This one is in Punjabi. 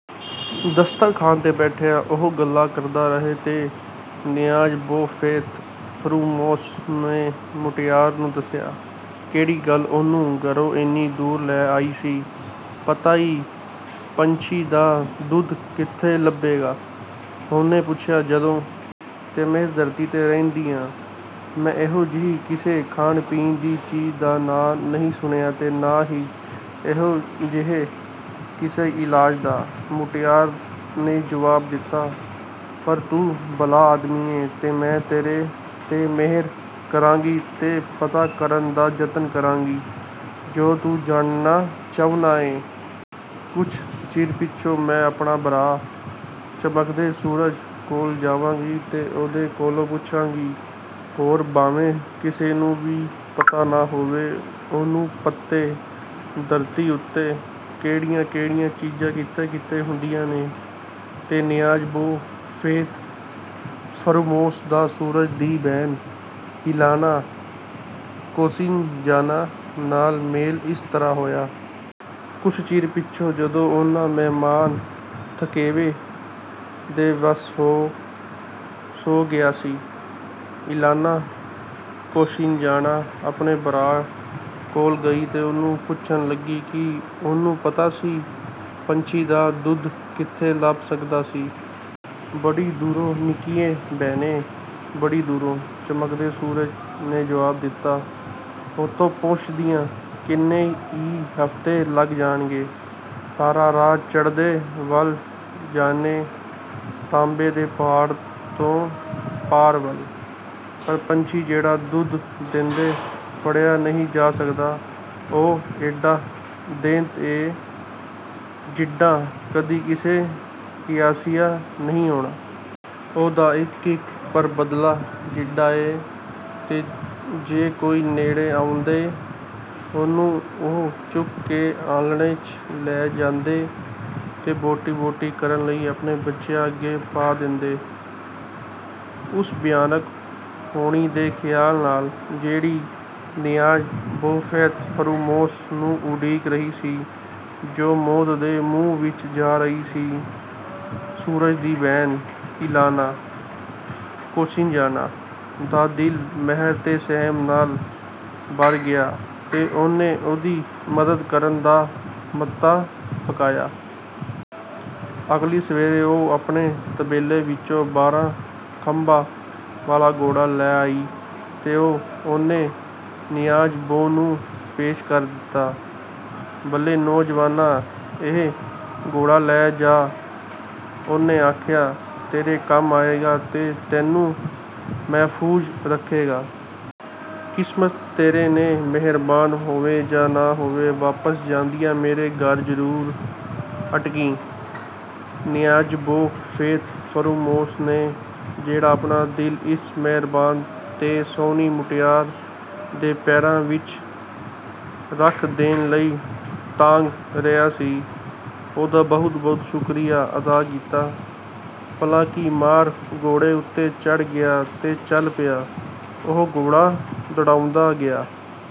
ਦਸਤਰਖ਼ਾਨ 'ਤੇ ਬੈਠਿਆਂ, ਉਹ ਗੱਲਾਂ ਕਰਦੇ ਰਹੇ ਤੇ ਨਿਆਜ਼-ਬੋ ਫ਼ੇਤ-ਫ਼ਰੂਮੋਸ ਨੇ ਮੁਟਿਆਰ ਨੂੰ ਦੱਸਿਆ, ਕਿਹੜੀ ਗੱਲ ਉਹਨੂੰ ਘਰੋਂ ਏਨੀ ਦੂਰ ਲੈ ਆਈ ਸੀ। "ਪਤਾ ਈ, ਪੰਛੀ ਦਾ ਦੁੱਧ ਕਿੱਥੋਂ ਲੱਭੇਗਾ?" ਉਹਨੇ ਪੁੱਛਿਆ। "ਜਦੋਂ ਦੀ ਮੈਂ ਏਸ ਧਰਤੀ 'ਤੇ ਰਹਿੰਦੀ ਆਂ, ਮੈਂ ਇਹੋ ਜਿਹੀ ਕਿਸੇ ਖਾਣ-ਪੀਣ ਦੀ ਚੀਜ਼ ਦਾ ਨਾਂ ਨਹੀਂ ਸੁਣਿਆ ਤੇ ਨਾ ਹੀ ਇਹੋ ਜਿਹੇ ਕਿਸੇ ਇਲਾਜ ਦਾ," ਮੁਟਿਆਰ ਨੇ ਜਵਾਬ ਦਿੱਤਾ, "ਪਰ ਤੂੰ ਭਲਾ ਆਦਮੀ ਏਂ, ਤੇ ਮੈਂ ਤੇਰੇ 'ਤੇ ਮਿਹਰ ਕਰਾਂਗੀ ਤੇ ਪਤਾ ਕਰਨ ਦਾ ਜਤਨ ਕਰਾਂਗੀ, ਜੋ ਤੂੰ ਜਾਣਨਾ ਚਾਹੁੰਨਾ ਏਂ। ਕੁਝ ਚਿਰ ਪਿੱਛੋਂ ਮੈਂ ਆਪਣੇ ਭਰਾ, ਚਮਕਦੇ ਸੂਰਜ, ਕੋਲ ਜਾਵਾਂਗੀ ਤੇ ਉਹਦੇ ਕੋਲੋਂ ਪੁੱਛਾਂਗੀ। ਹੋਰ ਭਾਵੇਂ ਕਿਸੇ ਨੂੰ ਵੀ ਪਤਾ ਨਾ ਹੋਵੇ, ਉਹਨੂੰ ਪਤੈ, ਧਰਤੀ ਉੱਤੇ ਕਿਹੜੀਆਂ-ਕਿਹੜੀਆਂ ਚੀਜ਼ਾਂ ਕਿੱਥੇ-ਕਿੱਥੇ ਹੁੰਦੀਆਂ ਨੇ।" ਤੇ ਨਿਆਜ਼-ਬੋ ਫ਼ੇਤ-ਫ਼ਰੂਮੋਸ ਦਾ ਸੂਰਜ ਦੀ ਭੈਣ, ਇਲਾਨਾ ਕੋਸਿਨਜ਼ਾਨਾ, ਨਾਲ ਮੇਲ ਇਸ ਤਰ੍ਹਾਂ ਹੋਇਆ। ਕੁਝ ਚਿਰ ਪਿੱਛੋਂ ਜਦੋਂ ਉਹਦਾ ਮਹਿਮਾਨ, ਥਕੇਵੇਂ ਦੇ ਵੱਸ ਹੋ, ਸੌ ਗਿਆ ਸੀ, ਇਲਾਨਾ ਕੋਸਿਨਜ਼ਾਨਾ ਆਪਣੇ ਭਰਾ ਕੋਲ ਗਈ ਤੇ ਉਹਨੂੰ ਪੁੱਛਣ ਲੱਗੀ, ਕੀ ਉਹਨੂੰ ਪਤਾ ਸੀ, ਪੰਛੀ ਦਾ ਦੁੱਧ ਕਿੱਥੇ ਲੱਭ ਸਕਦਾ ਸੀ। "ਬੜੀ ਦੂਰੋਂ, ਨਿੱਕੀਏ ਭੈਣੇ, ਬੜੀ ਦੂਰੋਂ," ਚਮਕਦੇ ਸੂਰਜ ਨੇ ਜਵਾਬ ਦਿੱਤਾ, "ਓਥੇ ਪਹੁੰਚਦਿਆਂ ਕਿੰਨੇ ਈ ਹਫ਼ਤੇ ਲੱਗ ਜਾਣਗੇ; ਸਾਰਾ ਰਾਹ ਚੜ੍ਹਦੇ ਵੱਲ ਜਾਣੈ, ਤਾਂਬੇ ਦੇ ਪਹਾੜ ਤੋਂ ਪਾਰ ਵੱਲ। ਪਰ ਪੰਛੀ ਜਿਹੜਾ ਦੁੱਧ ਦੇਂਦੈ, ਫੜਿਆ ਨਹੀਂ ਜਾ ਸਕਦਾ, ਉਹ ਏਡਾ ਦੈਂਤ ਏ, ਜਿੱਡਾ ਕਦੀ ਕਿਸੇ ਕਿਆਸਿਆ ਨਹੀਂ ਹੋਣਾ। ਉਹਦਾ ਇੱਕ-ਇੱਕ ਪਰ ਬੱਦਲਾ ਜਿੱਡਾ ਏ, ਤੇ ਜੇ ਕੋਈ ਨੇੜੇ ਆਉਂਦੈ, ਉਹਨੂੰ ਉਹ ਚੁੱਕ ਕੇ ਆਲ੍ਹਣੇ 'ਚ ਲੈ ਜਾਂਦੈ ਤੇ ਬੋਟੀ-ਬੋਟੀ ਕਰਨ ਲਈ ਆਪਣੇ ਬੱਚਿਆਂ ਅੱਗੇ ਪਾ ਦੇਂਦੈ।" ਉਸ ਭਿਆਨਕ ਹੋਣੀ ਦੇ ਖ਼ਿਆਲ ਨਾਲ, ਜਿਹੜੀ ਨਿਆਜ਼-ਬੋ ਫ਼ੇਤ-ਫ਼ਰੂਮੋਸ ਨੂੰ ਉਡੀਕ ਰਹੀ ਸੀ, ਜੋ ਮੌਤ ਦੇ ਮੂੰਹ ਵਿੱਚ ਜਾ ਰਿਹਾ ਸੀ, ਸੂਰਜ ਦੀ ਭੈਣ, ਇਲਾਨਾ ਕੋਸਿਨਜ਼ਾਨਾ, ਦਾ ਦਿਲ ਮਿਹਰ ਤੇ ਸਹਿਮ ਨਾਲ ਭਰ ਗਿਆ ਤੇ ਉਹਨੇ ਉਹਦੀ ਮਦਦ ਕਰਨ ਦਾ ਮਤਾ ਪਕਾਇਆ। ਅਗਲੀ ਸਵੇਰੇ, ਉਹ ਆਪਣੇ ਤਬੇਲੇ ਵਿੱਚੋਂ ਬਾਰ੍ਹਾਂ ਖੰਭਾਂ ਵਾਲਾ ਘੋੜਾ ਲੈ ਆਈ ਤੇ ਉਹ ਉਹਨੇ ਨਿਆਜ਼-ਬੋ ਨੂੰ ਪੇਸ਼ ਕਰ ਦਿੱਤਾ। "ਭਲੇ ਨੌਜਵਾਨਾ, ਇਹ ਘੋੜਾ ਲੈ ਜਾ," ਉਹਨੇ ਆਖਿਆ, "ਤੇਰੇ ਕੰਮ ਆਏਗਾ ਤੇ ਤੈਨੂੰ ਮਹਿਫ਼ੂਜ਼ ਰੱਖੇਗਾ। ਕਿਸਮਤ ਤੇਰੇ ਨੇ ਮਿਹਰਬਾਨ ਹੋਵੇ ਜਾਂ ਨਾ ਹੋਵੇ, ਵਾਪਸ ਜਾਂਦਿਆਂ ਮੇਰੇ ਘਰ ਜ਼ਰੂਰ ਅਟਕੀਂ।" ਨਿਆਜ਼-ਬੋ ਫ਼ੇਤ-ਫ਼ਰੂਮੋਸ ਨੇ, ਜਿਹੜਾ ਆਪਣਾ ਦਿਲ ਇਸ ਮਿਹਰਬਾਨ ਤੇ ਸੋਹਣੀ ਮੁਟਿਆਰ ਦੇ ਪੈਰਾਂ ਵਿੱਚ ਰੱਖ ਦੇਣ ਲਈ ਤਾਂਘ ਰਿਹਾ ਸੀ, ਉਹਦਾ ਬਹੁਤ-ਬਹੁਤ ਸ਼ੁਕਰੀਆ ਅਦਾ ਕੀਤਾ, ਪਲਾਕੀ ਮਾਰ ਘੋੜੇ ਉੱਤੇ ਚੜ੍ਹ ਗਿਆ ਤੇ ਚੱਲ ਪਿਆ। ਉਹ ਘੋੜਾ ਦੁੜਾਉਂਦਾ ਗਿਆ।